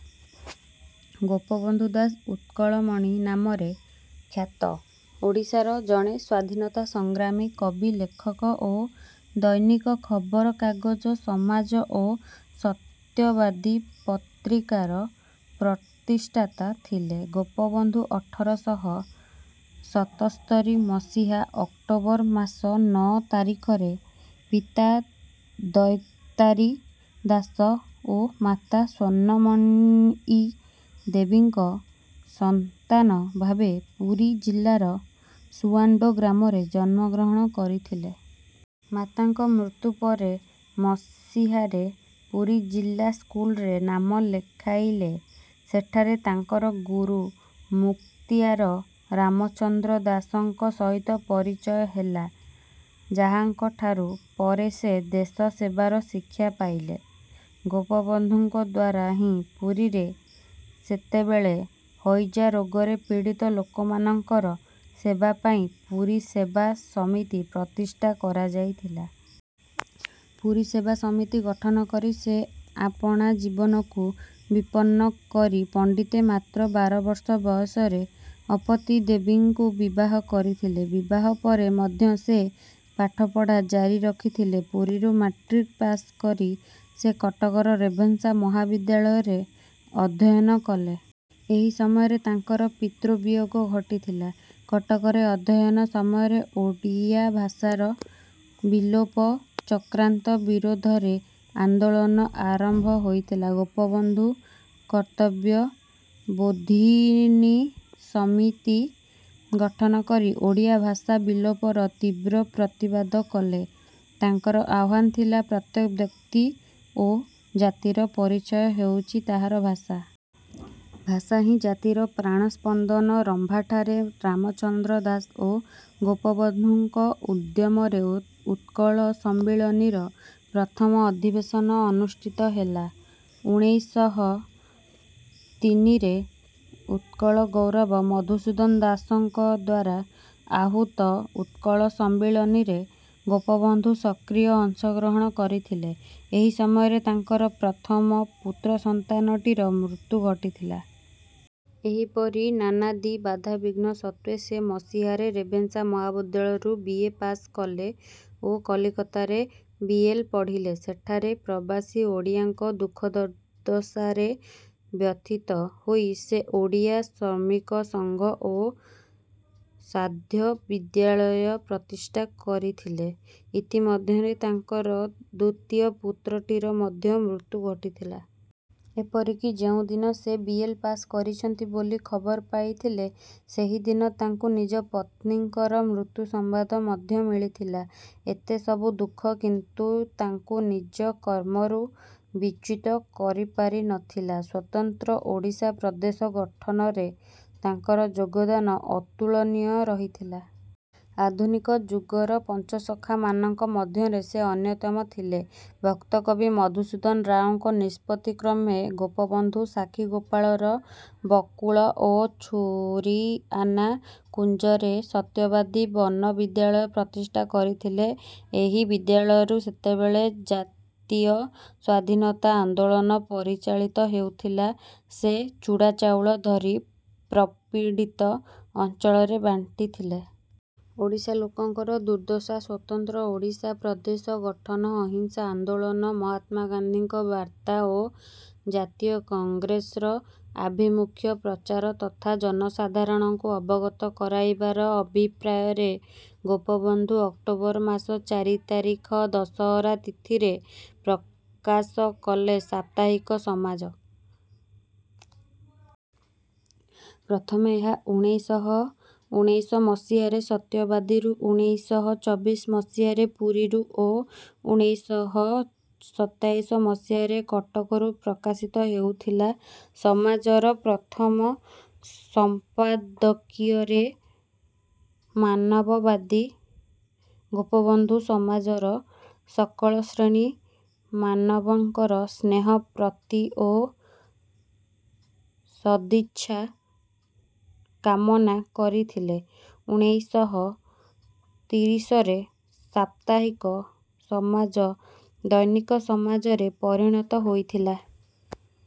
ଗୋପବନ୍ଧୁ ଦାସ ଉତ୍କଳମଣି ନାମରେ ଖ୍ୟାତ। ଓଡ଼ିଶାର ଜଣେ ସ୍ୱାଧିନତା ସଂଗ୍ରାମୀ କବି ଲେଖକ ଓ ଦୈନିକ ଖବର କାଗଜ ସମାଜ ଓ ସତ୍ୟବାଦୀ ପତ୍ରିକାର ପ୍ରତିଷ୍ଠାତା ଥିଲେ। ଗୋପବନ୍ଧୁ ଅଠର ଶହ ସତସ୍ତରି ମସିହା ଅକ୍ଟୋବର ମାସ ନଅ ତାରିଖରେ ପିତା ଦୈତାରି ଦାସ ଓ ମାତା ସ୍ୱର୍ଣ୍ଣମୟୀ ଦେବୀଙ୍କ ସନ୍ତାନ ଭାବେ ପୁରୀ ଜିଲ୍ଲାର ସୁଆଣ୍ଡୋ ଗ୍ରାମରେ ଜନ୍ମ ଗ୍ରହଣ କରିଥିଲେ। ମାତାଙ୍କ ମୃତ୍ୟୁ ପରେ ମସିହାରେ ପୁରୀ ଜିଲ୍ଲା ସ୍କୁଲରେ ନାମ ଲେଖାଇଲେ। ସେଠାରେ ତାଙ୍କର ଗୁରୁ ମୁକ୍ତିଆର ରାମଚନ୍ଦ୍ର ଦାସଙ୍କ ସହିତ ପରିଚୟ ହେଲା ଯାହାଙ୍କ ଠାରୁ ପରେ ସେ ଦେଶ ସେବାର ଶିକ୍ଷା ପାଇଲେ। ଗୋପବନ୍ଧୁଙ୍କଦ୍ୱାରା ହିଁ ପୁରୀରେ ସେତେବେଳେ ହଇଜା ରୋଗରେ ପୀଡ଼ିତ ଲୋକମାନଙ୍କର ସେବା ପାଇଁ ପୁରୀ ସେବା ସମିତି ପ୍ରତିଷ୍ଠା କରାଯାଇଥିଲା। ପୁରୀ ସେବା ସମିତି ଗଠନ କରି ସେ ଆପଣା ଜୀବନକୁ ବିପନ୍ନ କରି ପଣ୍ଡିତେ ମାତ୍ର ବାର ବର୍ଷ ବୟସରେ ଅପତୀ ଦେବୀଙ୍କୁ ବିବାହ କରିଥିଲେ। ବିବାହ ପରେ ମଧ୍ୟ ସେ ପାଠ ପଢ଼ା ଜାରିରଖିଥିଲେ। ପୁରୀରୁ ମାଟ୍ରିକ ପାସ କରି ସେ କଟକର ରେଭେନ୍ସା ମହାବିଦ୍ୟାଳୟରେ ଅଧ୍ୟୟନ କଲେ। ଏହି ସମୟରେ ତାଙ୍କର ପିତୃବିୟୋଗ ଘଟିଥିଲା। କଟକରେ ଅଧ୍ୟୟନ ସମୟରେ ଓଡ଼ିଆ ଭାଷାର ବିଲୋପ ଚକ୍ରାନ୍ତ ବିରୋଧରେ ଆନ୍ଦୋଳନ ଆରମ୍ଭ ହୋଇଥିଲା। ଗୋପବନ୍ଧୁ କର୍ତବ୍ୟ ବୋଧିନୀ ସମିତି ଗଠନ କରି ଓଡ଼ିଆ ଭାଷା ବିଲୋପର ତୀବ୍ର ପ୍ରତିବାଦ କଲେ। ତାଙ୍କର ଆହ୍ୱାନ ଥିଲା ପ୍ରତ୍ୟେକ ବ୍ୟକ୍ତି ଓ ଜାତିର ପରିଚୟ ହେଉଛି ତାହାର ଭାଷା। ଭାଷାହିଁ ଜାତିର ପ୍ରାଣସ୍ପନ୍ଦନ। ରମ୍ଭାଠାରେ ରାମଚନ୍ଦ୍ର ଦାଶ ଓ ଗୋପବନ୍ଧୁଙ୍କ ଉଦ୍ୟମରେ ଉତ୍କଳ ସମ୍ମିଳନୀର ପ୍ରଥମ ଅଧିବେଶନ ଅନୁଷ୍ଠିତ ହେଲା। ଉଣେଇଶ ଶହ ତିନିରେ ଉତ୍କଳ ଗୌରବ ମଧୁସୂଦନ ଦାସଙ୍କଦ୍ୱାରା ଆହୂତ ଉତ୍କଳ ସମ୍ମିଳନୀରେ ଗୋପବନ୍ଧୁ ସକ୍ରିୟ ଅଂଶଗ୍ରହଣ କରିଥିଲେ। ଏହି ସମୟରେ ତାଙ୍କର ପ୍ରଥମ ପୁତ୍ରସନ୍ତାନଟିର ମୃତ୍ୟୁ ଘଟିଥିଲା। ଏହିପରି ନାନାଦି ବାଧାବିଘ୍ନ ସତ୍ତ୍ୱେ ସେ ମସିହାରେ ରେଭେନ୍ସା ମହାବିଦ୍ୟାଳୟରୁ ବିଏ ପାସ କଲେ ଓ କଲିକତାରେ ବିଏଲ ପଢ଼ିଲେ। ସେଠାରେ ପ୍ରବାସୀ ଓଡ଼ିଆଙ୍କ ଦୁଃଖଦୁର୍ଦ୍ଦଶାରେ ବ୍ୟଥିତ ହୋଇ ସେ ଓଡ଼ିଆ ଶ୍ରମିକ ସଂଘ ଓ ସାଧ୍ୟ ବିଦ୍ୟାଳୟ ପ୍ରତିଷ୍ଠା କରିଥିଲେ। ଇତି ମଧ୍ୟରେ ତାଙ୍କର ଦ୍ୱିତୀୟ ପୁତ୍ରଟିର ମଧ୍ୟ ମୃତ୍ୟୁ ଘଟିଥିଲା। ଏପରିକି ଯେଉଁଦିନ ସେ ବିଏଲ ପାସ କରିଛନ୍ତି ବୋଲି ଖବର ପାଇଥିଲେ ସେହିଦିନ ତାଙ୍କୁ ନିଜ ପତ୍ନୀଙ୍କର ମୃତ୍ୟୁ ସମ୍ବାଦ ମଧ୍ୟ ମିଳିଥିଲା। ଏତେ ସବୁ ଦୁଃଖ କିନ୍ତୁ ତାଙ୍କୁ ନିଜ କର୍ମରୁ ବିଚ୍ୟୁତ କରିପାରିନଥିଲା। ସ୍ୱତନ୍ତ୍ର ଓଡ଼ିଶା ପ୍ରଦେଶ ଗଠନରେ ତାଙ୍କର ଯୋଗଦାନ ଅତୁଳନୀୟ ରହିଥିଲା। ଆଧୁନିକ ଯୁଗର ପଞ୍ଚସଖାମାନଙ୍କ ମଧ୍ୟରେ ସେ ଅନ୍ୟତମ ଥିଲେ। ଭକ୍ତକବି ମଧୁସୂଦନ ରାଓଙ୍କ ନିଷ୍ପତି କ୍ରମେ ଗୋପବନ୍ଧୁ ସାକ୍ଷୀଗୋପାଳର ବକୁଳ ଓ ଛୁରିଆନା କୁଞ୍ଜରେ ସତ୍ୟବାଦୀ ବନ ବିଦ୍ୟାଳୟ ପ୍ରତିଷ୍ଠା କରିଥିଲେ। ଏହି ବିଦ୍ୟାଳୟରୁ ସେତେବେଳେ ଜାତୀୟ ସ୍ୱାଧୀନତା ଆନ୍ଦୋଳନ ପରିଚାଳିତ ହେଉଥିଲା। ସେ ଚୁଡ଼ା ଚାଉଳ ଧରି ପ୍ରପୀଡ଼ିତ ଅଞ୍ଚଳରେ ବାଣ୍ଟିଥିଲେ। ଓଡ଼ିଶା ଲୋକଙ୍କର ଦୁର୍ଦ୍ଦଶା ସ୍ୱତନ୍ତ୍ର ଓଡ଼ିଶା ପ୍ରଦେଶ ଗଠନ ଅହିଂସା ଆନ୍ଦୋଳନ ମହାତ୍ମା ଗାନ୍ଧୀଙ୍କ ବାର୍ତ୍ତା ଓ ଜାତୀୟ କଂଗ୍ରେସର ଆଭିମୁଖ୍ୟ ପ୍ରଚାର ତଥା ଜନସାଧାରଣଙ୍କୁ ଅବଗତ କରାଇବାର ଅଭିପ୍ରାୟରେ ଗୋପବନ୍ଧୁ ଅକ୍ଟୋବର ମାସ ଚାରି ତାରିଖ ଦଶହରା ତିଥିରେ ପ୍ରକାଶ କଲେ ସାପ୍ତାହିକ ସମାଜ। ପ୍ରଥମେ ଏହା ଉଣେଇଶ ଶହ ଉଣେଇଶ ମସିହାରେ ସତ୍ୟବାଦୀରୁ ଉଣେଇଶ ଶହ ଚବିଶ ମସିହାରେ ପୁରୀରୁ ଓ ଉଣେଇଶ ଶହ ସତାଇଶ ମସିହାରେ କଟକରୁ ପ୍ରକାଶିତ ହେଉଥିଲା। ସମାଜର ପ୍ରଥମ ସମ୍ପାଦକୀୟରେ ମାନବବାଦୀ ଗୋପବନ୍ଧୁ ସମାଜର ସକଳ ଶ୍ରେଣୀ ମାନବଙ୍କର ସ୍ନେହ ପ୍ରତି ଓ ସଦିଚ୍ଛା କାମନା କରିଥିଲେ। ଉଣେଇଶ ଶହ ତିରିଶରେ ସାପ୍ତାହିକ ସମାଜ ଦୈନିକ ସମାଜରେ ପରିଣତ ହୋଇଥିଲା।